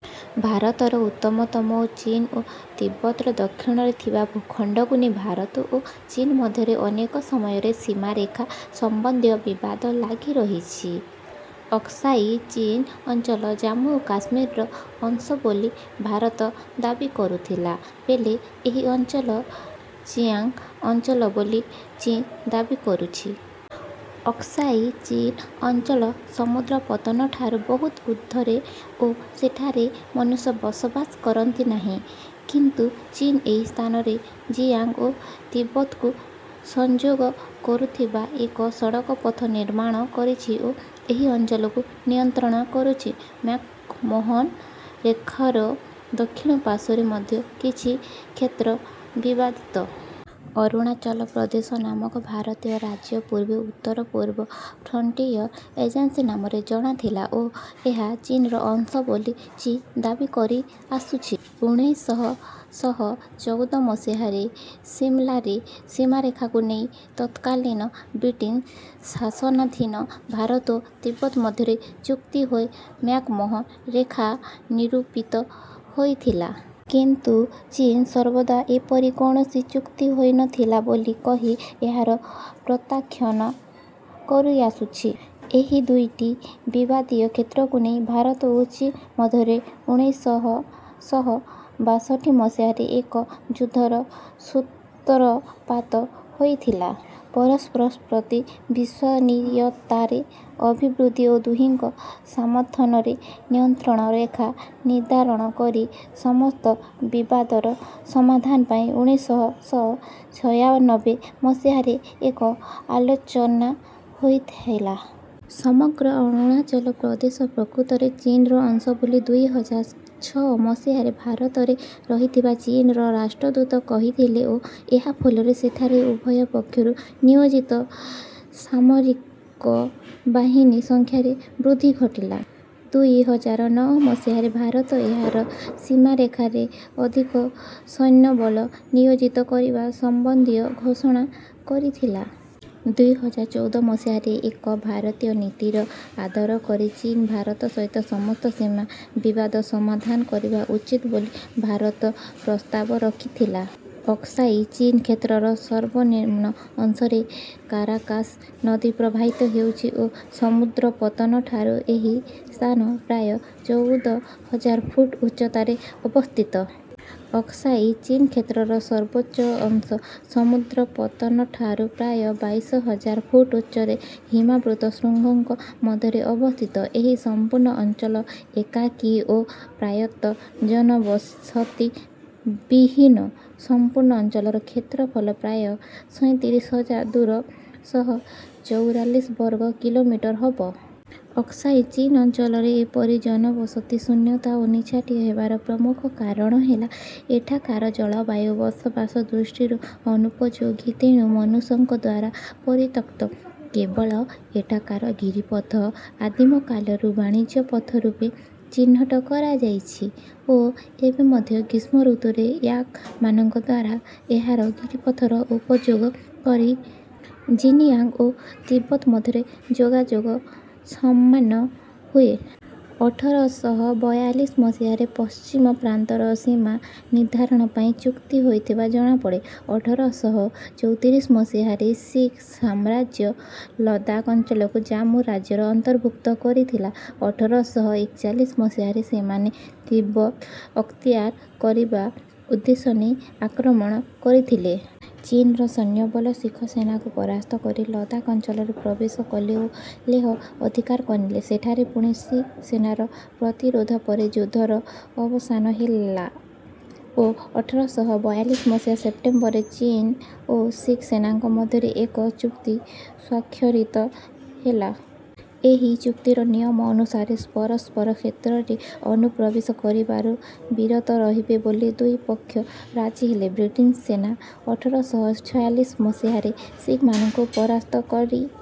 ଭାରତର ଉତ୍ତମତମ ଓ ଚୀନ ଓ ତିବ୍ୱତର ଦକ୍ଷିଣରେ ଥିବା ଭୂଖଣ୍ଡକୁ ନେଇ ଭାରତ ଓ ଚୀନ ମଧ୍ୟରେ ଅନେକ ସମୟରେ ସୀମାରେଖା ସମ୍ବନ୍ଧୀୟ ବିବାଦ ଲାଗି ରହିଛି। ଅକ୍ସାଇ ଚୀନ ଅଞ୍ଚଳ ଜାମ୍ମୁ ଓ କାଶ୍ମୀରର ଅଂଶ ବୋଲି ଭାରତ ଦାବୀ କରୁଥିଲା ବେଳେ ଏହି ଅଞ୍ଚଳ ଚିଆଂଗ୍ ଅଞ୍ଚଳର ବୋଲି ଚୀନ ଦାବୀ କରୁଛି। ଅକ୍ସାଇ ଚୀନ ଅଞ୍ଚଳ ସମୁଦ୍ର ପତନଠାରୁ ବହୁତ ଉର୍ଦ୍ଧ୍ୱରେ ଓ ସେଠାରେ ମନୁଷ୍ୟ ବସବାସ କରନ୍ତି ନାହିଁ। କିନ୍ତୁ ଚୀନ ଏହି ସ୍ଥାନରେ ଜିଆଂଗ୍ ଓ ତିବ୍ୱତକୁ ସଂଯୋଗ କରୁଥିବା ଏକ ସଡକପଥ ନିର୍ମାଣ କରିଛି ଓ ଏହି ଅଞ୍ଚଳକୁ ନିୟନ୍ତ୍ରଣ କରୁଛି। ମ୍ୟାକମୋହନ ରେଖାର ଦକ୍ଷିଣ ପାର୍ଶ୍ୱରେ ମଧ୍ୟ କିଛି କ୍ଷେତ୍ର ବିବାଦିତ। ଅରୁଣାଚଳ ପ୍ରଦେଶ ନାମକ ଭାରତୀୟ ରାଜ୍ୟ ପୂର୍ବେ ଉତ୍ତରପୂର୍ବ ଫ୍ରଣ୍ଟିୟର୍ ଏଜେନ୍ସି ନାମରେ ଜଣା ଥିଲା ଓ ଏହା ଚୀନର ଅଂଶ ବୋଲି ଚୀନ ଦାବୀ କରି ଆସୁଛି। ଉଣେଇଶ ଶହ ଚଉଦ ମସିହାରେ ସିମଳାରେ ସୀମାରେଖାକୁ ନେଇ ତତ୍କାଳୀନ ବ୍ରିଟିଶ୍ ଶାସନାଧୀନ ଭାରତ ଓ ତିବ୍ୱତ୍ ମଧ୍ୟରେ ଚୁକ୍ତି ହୋଇ ମ୍ୟାକମୋହନ ରେଖା ନିରୂପିତ ହୋଇଥିଲା। କିନ୍ତୁ ଚୀନ ସର୍ବଦା ଏପରି କୌଣସି ଚୁକ୍ତି ହୋଇନଥିଲା ବୋଲି କହି ଏହାର ପ୍ରତାଖ୍ୟାନ କରିଆସୁଛି। ଏହି ଦୁଇଟି ବିବାଦୀୟ କ୍ଷେତ୍ରକୁ ନେଇ ଭାରତ ଓ ଚୀନ ମଧ୍ୟରେ ଉଣେଇଶ ଶହ ବାଷଠି ମସିହାରେ ଏକ ଯୁଦ୍ଧର ସୂତ୍ରପାତ ହୋଇଥିଲା। ପରସ୍ପର ପ୍ରତି ବିଶ୍ୱସନୀୟତାରେ ଅଭିବୃଦ୍ଧି ଓ ଦୁହିଁଙ୍କ ସମର୍ଥନରେ ନିୟନ୍ତ୍ରଣରେଖା ନିର୍ଦ୍ଧାରଣ କରି ସମସ୍ତ ବିବାଦର ସମାଧାନ ପାଇଁ ଉଣେଇଶ ଶହ ଛୟାନବେ ମସିହାରେ ଏକ ଆଲୋଚନା ହୋଇଥିଲା। ସମଗ୍ର ଅରୁଣାଚଳ ପ୍ରଦେଶ ପ୍ରକୃତରେ ଚୀନର ଅଂଶ ବୋଲି ଦୁଇ ହଜାର ଛଅ ମସିହାରେ ଭାରତରେ ରହିଥିବା ଚୀନର ରାଷ୍ଟ୍ରଦୂତ କହିଥିଲେ ଓ ଏହା ଫଳରେ ସେଠାରେ ଉଭୟ ପକ୍ଷରୁ ନିୟୋଜିତ ସାମରିକ ବାହିନୀ ସଂଖ୍ୟାରେ ବୃଦ୍ଧି ଘଟିଲା। ଦୁଇ ହଜାର ନଅ ମସିହାରେ ଭାରତ ଏହାର ସୀମାରେଖାରେ ଅଧିକ ସୈନ୍ୟବଳ ନିୟୋଜିତ କରିବା ସମ୍ବନ୍ଧୀୟ ଘୋଷଣା କରିଥିଲା। ଦୁଇ ହଜାର ଚଉଦ ମସିହାରେ ଏକ ଭାରତ ନୀତିର ଆଦର କରି ଚୀନ ଭାରତ ସହିତ ସମସ୍ତ ସୀମା ବିବାଦ ସମାଧାନ କରିବା ଉଚିତ୍ ବୋଲି ଭାରତ ପ୍ରସ୍ତାବ ରଖିଥିଲା। ଅକ୍ସାଇ ଚୀନ କ୍ଷେତ୍ରର ସର୍ବନିମ୍ନ ଅଂଶରେ କାରାକାଶ୍ ନଦୀ ପ୍ରବାହିତ ହେଉଛି ଓ ସମୁଦ୍ରପତନଠାରୁ ଏହି ସ୍ଥାନ ପ୍ରାୟ ଚଉଦ ହଜାର ଫୁଟ୍ ଉଚ୍ଚତାରେ ଅବସ୍ଥିତ। ଅକ୍ସାଇ ଚୀନ କ୍ଷେତ୍ରର ସର୍ବୋଚ୍ଚ ଅଂଶ ସମୁଦ୍ରପତନଠାରୁ ପ୍ରାୟ ବାଇଶ ହଜାର ଫୁଟ୍ ଉଚ୍ଚରେ ହିମାବୃତ୍ତ ଶୃଙ୍ଗଙ୍କ ମଧ୍ୟରେ ଅବସ୍ଥିତ। ଏହି ସମ୍ପୂର୍ଣ୍ଣ ଅଞ୍ଚଳ ଏକାକୀ ଓ ପ୍ରାୟତଃ ଜନବସତି ବିହୀନ। ସମ୍ପୂର୍ଣ୍ଣ ଅଞ୍ଚଳର କ୍ଷେତ୍ରଫଳ ପ୍ରାୟ ସଇଁତିରିଶ ହଜାର ଦୁର ଶହ ଚଉରାଳିଶ ବର୍ଗ କିଲୋମିଟର୍ ହେବ। ଅକ୍ସାଇ ଚୀନ ଅଞ୍ଚଳରେ ଏପରି ଜନବସତି ଶୂନ୍ୟତା ଓ ନିଛାଟିଆ ହେବାର ପ୍ରମୁଖ କାରଣ ହେଲା ଏଠାକାର ଜଳବାୟୁ ବସବାସ ଦୃଷ୍ଟିରୁ ଅନୁପଯୋଗୀ ତେଣୁ ମନୁଷ୍ୟଙ୍କଦ୍ୱାରା ପରିତ୍ୟକ୍ତ। କେବଳ ଏଠାକାର ଗିରିପଥ ଆଦିମକାଳରୁ ବାଣିଜ୍ୟପଥ ରୂପେ ଚିହ୍ନଟ କରାଯାଇଛି ଓ ଏବେ ମଧ୍ୟ ଗ୍ରୀଷ୍ମଋତୁରେ ୟାକ୍ ମାନଙ୍କଦ୍ୱାରା ଏହାର ଗିରିପଥର ଉପଯୋଗ କରି ଜିନ୍ଜିଆଂଗ୍ ଓ ତିବ୍ୱତ୍ ମଧ୍ୟରେ ଯୋଗାଯୋଗ ସମାନ ହୁଏ। ଅଠର ଶହ ବୟାଳିଶ ମସିହାରେ ପଶ୍ଚିମ ପ୍ରାନ୍ତର ସୀମା ନିର୍ଦ୍ଧାରଣ ପାଇଁ ଚୁକ୍ତି ହୋଇଥିବା ଜଣାପଡେ। ଅଠର ଶହ ଚୌତ୍ରିଶ ମସିହାରେ ଶିଖ୍ ସାମ୍ରାଜ୍ୟ ଲଦାଖ୍ ଅଞ୍ଚଳକୁ ଜାମ୍ମୁ ରାଜ୍ୟର ଅନ୍ତର୍ଭୁକ୍ତ କରିଥିଲା। ଅଠର ଶହ ଏକଚାଳିଶ ମସିହାରେ ସେମାନେ ତିବ୍ୱତ ଅକ୍ତିଆର କରିବା ଉଦ୍ଦେଶ୍ୟ ନେଇ ଆକ୍ରମଣ କରିଥିଲେ। ଚୀନର ସୈନ୍ୟବଳ ଶିଖ୍ ସେନାକୁ ପରାସ୍ତ କରି ଲଦାଖ୍ ଅଞ୍ଚଳରେ ପ୍ରବେଶ କଲେ ଓ ଲେହ ଅଧିକାର କରିନେଲେ। ସେଠାରେ ପୁଣି ଶିଖ୍ ସେନାର ପ୍ରତିରୋଧ ପରେ ଯୁଦ୍ଧର ଅବସାନ ହେଲା ଓ ଅଠର ଶହ ବୟାଳିଶ ମସିହା ସେପ୍ଟେମ୍ବରରେ ଚୀନ ଓ ଶିଖ୍ ସେନାଙ୍କ ମଧ୍ୟରେ ଏକ ଚୁକ୍ତି ସ୍ୱାକ୍ଷରିତ ହେଲା। ଏହି ଚୁକ୍ତିର ନିୟମ ଅନୁସାରେ ପରସ୍ପର କ୍ଷେତ୍ରରେ ଅନୁପ୍ରବେଶ କରିବାରୁ ବିରତ ରହିବେ ବୋଲି ଦୁଇ ପକ୍ଷ ରାଜି ହେଲେ। ବ୍ରିଟିଶ୍ ସେନା ଅଠର ଶହ ଛୟାଳିଶ ମସିହାରେ ଶିଖମାନଙ୍କୁ ପରାସ୍ତ କରି